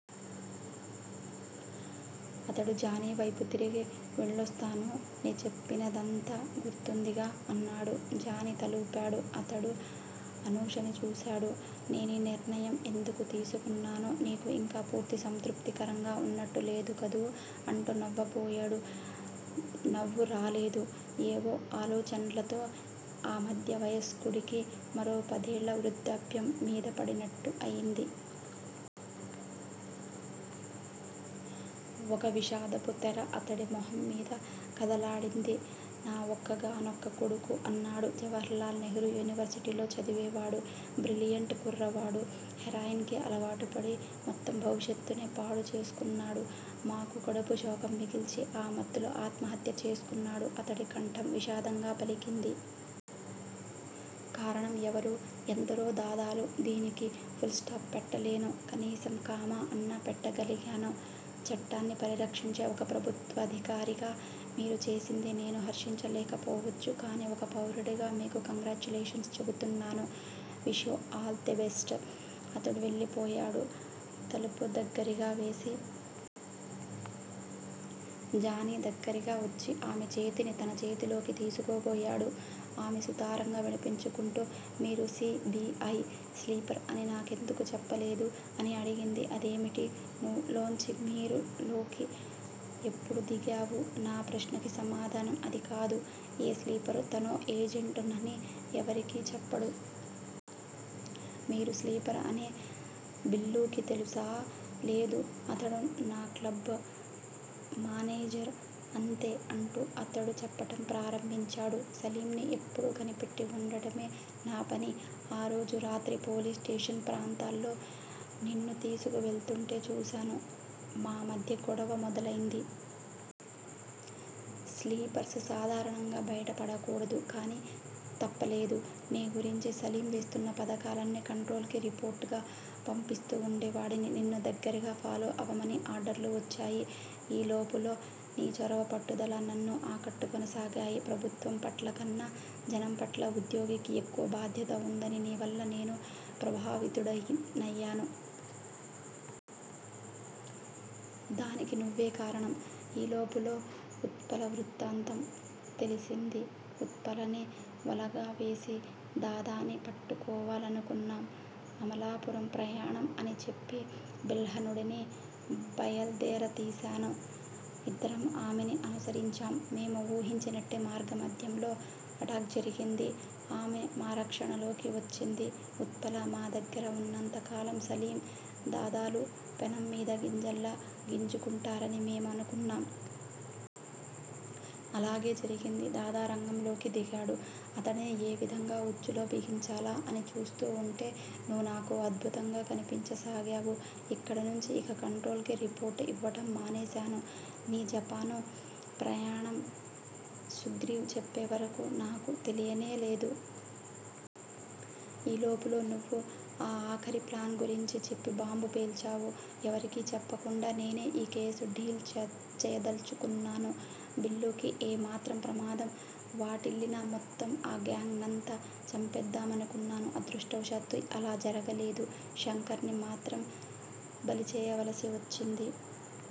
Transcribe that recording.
అతడు జానీ వైపు తిరిగి వెళ్ళొస్తాను. నే చెప్పినదంతా గుర్తుందిగా? అన్నాడు. జానీ తలూపాడు. అతడు అనూషని చూసాడు. నేనీ నిర్ణయం ఎందుకు తీసుకున్నానో నీకు ఇంకా పూర్తి సంతృప్తికరంగా వున్నట్టు లేదు కదూ అంటూ నవ్వబోయేడు. నవ్వు రాలేదు. ఏవో ఆలోచన్లతో ఆ మధ్య వయస్కుడికి మరో పదేళ్ళ వృద్ధాప్యం మీద పడినట్టు అయింది. ఒక విషాదపు తెర అతడి మొహం మీద కదలాడింది. నా ఒక్కగానొక్కకొడుకు అన్నాడు. జవహర్ లాల్ నెహ్రూ యూనివర్శిటీలో చదివేవాడు. బ్రిలియెంట్ కుర్రవాడు. హెరాయిన్ కి అలవాటుపడి మొత్తం భవిష్యత్తునే పాడుచేసుకున్నాడు. మాకు కడుపు శోకం మిగిల్చి ఆ మత్తులో ఆత్మహత్య చేసుకున్నాడు. అతడి కంఠం విషాదంగా పలికింది. కారణం ఎవరు? ఎందరో దాదాలు!! దీనికి పుల్ స్టాప్ పెట్టలేను. కనీసం 'కామా' అన్నా పెట్టగలిగాను!!!! చట్టాన్ని పరిరక్షించే ఒక ప్రభుత్వాధికారిగా మీరు చేసింది నేను హర్షించలేకపోవచ్చు. కానీ ఒక పౌరుడిగా మీకు కంగ్రాచ్యులేషన్స్ చెపుతున్నాను. Wish you all the best. అతడు వెళ్ళిపోయాడు తలుపు దగ్గిరగావేసి. జానీ దగ్గిరగా వచ్చి ఆమె చేతిని తన చేతిలోకి తీసుకోబోయాడు. ఆమె సుతారంగా విడిపించుకుంటూ మీరు సి. బి. ఐ. స్లీపర్ అని నాకెందుకు చెప్పలేదు? అని అడిగింది. అదేమిటి? 'నువ్వు' లోంచి 'మీరు' లోకి ఎప్పుడు దిగావు? నా ప్రశ్నకి సమాధానం అదికాదు. ఏ స్లీపరు తనో ఏజెంటునని ఎవరికీ చెప్పడు. మీరు స్లీపర్ అని బిల్లూకి తెలుసా? లేదు. అతడు నా క్లబ్ మానేజర్. అంతే అంటూ అతడు చెప్పటం ప్రారంభించాడు. సలీంని ఎప్పుడూ కనిపెట్టి వుండటమే నాపని. ఆ రోజు రాత్రి పోలీస్ స్టేషన్ ప్రాంతాల్లో నిన్ను తీసుకు వెళ్తూంటే చూసాను. మా మధ్య గొడవ మొదలైంది. స్లీపర్స్ సాధారణంగా బయట పడకూడదు. కానీ తప్పలేదు. నీ గురించి సలీం వేస్తున్న పథకాలన్నీ 'కంట్రోల్' కి రిపోర్ట్ గా పంపిస్తూ వుండేవాడిని. నిన్ను దగ్గిరగా ఫాలో అవమని ఆర్డర్లు వచ్చాయి. ఈలోపులో నీ చొరవా పట్టుదలా నన్ను ఆకట్టుకొనసాగాయి. ప్రభుత్వం పట్లకన్నా జనంపట్ల ఉద్యోగికి ఎక్కువ బాధ్యత వుందని నీవల్ల నేను ప్రభావితుడినయ్యాను. దానికి నువ్వే కారణం! ఈ లోపులో ఉత్పల వృత్తాంతం తెలిసింది. ఉత్పలని వలగా వేసి దాదాని పట్టుకోవాలనుకున్నాం. అమలాపురం ప్రయాణం అని చెప్పి బిల్హణుడిని బయల్దేర తీసాను. ఇద్దరం ఆమెని అనుసరించాం. మేము ఊహించినట్టే మార్గమాధ్యంలో అటాక్ జరిగింది. ఆమె మా రక్షణలోకి వచ్చింది. ఉత్పల మా దగ్గిర వున్నంత కాలం సలీం, దాదాలు పెనం మీద గింజల్లా గింజుకుంటారని మేము అనుకున్నాం. అలాగే జరిగింది. దాదా రంగంలోకి దిగాడు. అతడిని ఏ విధంగా ఉచ్చులో బిగించాలా అని చూస్తూ వుంటే నువ్వు నాకో అద్భుతంగా కనిపించసాగావు. ఇక్కడనుంచీ ఇక 'కంట్రోల్' కి రిపోర్ట్ ఇవ్వటం మానేసాను. నీ జపాను ప్రయాణం సుగ్రీవ్ చెప్పే వరకు నాకు తెలియనే లేదు. ఈ లోపులో నువ్వు ఈ ఆఖరి ప్లాన్ గురించి చెప్పి బాంబు పేల్చావు. ఎవరికీ చెప్పకుండా నేనే ఈ కేసు డీల్ చేయదల్చుకున్నాను. బిల్లూకి ఏమాత్రం ప్రమాదం వాటిల్లినా మొత్తం ఆ గాంగ్ నంతా చంపెద్దామనుకున్నాను. అదృష్టవశాత్తు అలా జరగలేదు. శంకర్ ని మాత్రం బలిచేయవలసి వచ్చింది.